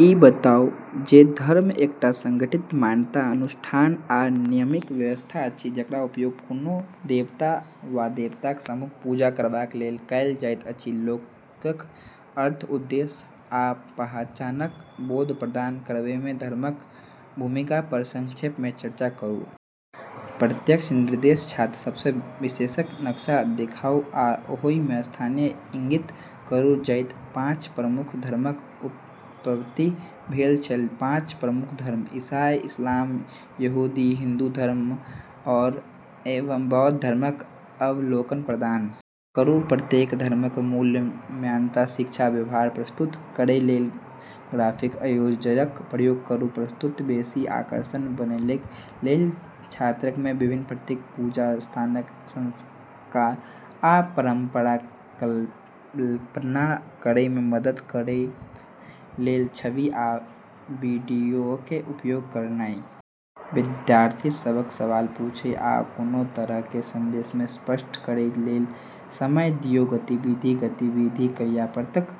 ई बताउ जे धर्म एकटा संगठित मान्यता, अनुष्ठान आ नियमक व्यवस्था अछि जकर उपयोग कोनो देवता वा देवताक समूहक पूजा करबाक लेल कयल जाइत अछि लोककेँ अर्थ, उद्देश्य आ पहिचानक बोध प्रदान करबामे धर्मक भूमिका पर संक्षेपमे चर्चा करू। प्रत्यक्ष निर्देश: छात्र सबके विश्वके नक्शा देखाउ आ ओहि स्थानके इंगित करू जतय पांच प्रमुख धर्मके उत्पत्ति भेल छल पाँच प्रमुख धर्म – ईसाई, इस्लाम, यहूदी, हिन्दू धर्म एवं बौद्ध धर्मके अवलोकन प्रदान करू प्रत्येक धर्मके मूल मान्यता, शिक्षा एवं व्यवहार प्रस्तुत करैके लेल ग्राफिक आयोजकके प्रयोग करू प्रस्तुतिके बेशी आकर्षक बनेबाके लेल आ छात्रके विभिन्न प्रतीकक, पूजा स्थलक, संस्कार आ परंपराक कल्पना करैमे मदद करैके लेल छवि आ वीडियोके उपयोग करनाइ । विद्यार्थी सबके सवाल पूछै आ कोनो तरहक संदेहके स्पष्ट करै लेल समय दियौ। गतिविधि: गतिविधि कार्यपत्रक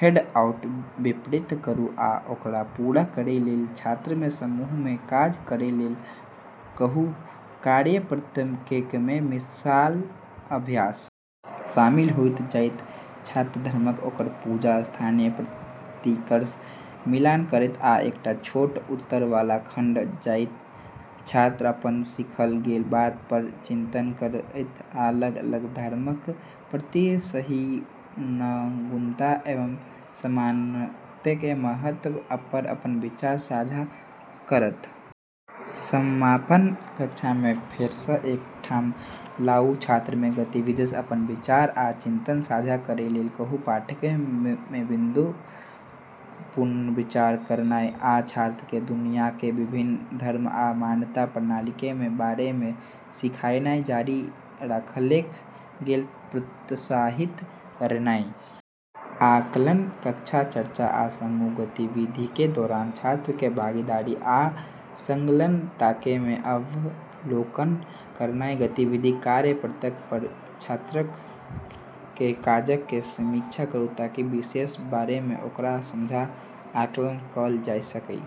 हैंडआउट वितरित करू आ ओकरा पूरा करैके लेल छात्रके समूहमे काज करैके लेल कहू। कार्यपत्रकमे मिलान अभ्यास शामिल होइत, जतय छात्र धर्मके ओकर पूजा स्थान या प्रतीकसँ मिलान करतै, आ एकटा छोट उत्तर वाला खंड, जतय छात्र अपन सीखल गेल बात पर चिंतन करतै आ अलग-अलग धर्मके प्रति सहिष्णुता आ सम्मानके महत्व पर अपन विचार साझा करतै । समापन: कक्षाके फेरसँ एक ठाम लाऊ आ छात्रके गतिविधिसँ अपन विचार आ चिंतन साझा करैके लेल कहू। पाठके मुख्य बिन्दुके पुनर्विचार करनाइ आ छात्रके दुनियाके विभिन्न धर्म आ मान्यता प्रणालीके बारेमे सीखनाय जारी राखैके लेल प्रोत्साहित करनाइ । आकलन: कक्षा चर्चा आ समूह गतिविधिके दौरान छात्रके भागीदारी आ संलग्नताके अवलोकन करनाइ । गतिविधि कार्यपत्रक पर छात्रके काजके समीक्षा करूं ताकि विषयके बारेमे ओकर समझके आकलन कैल जा सकय।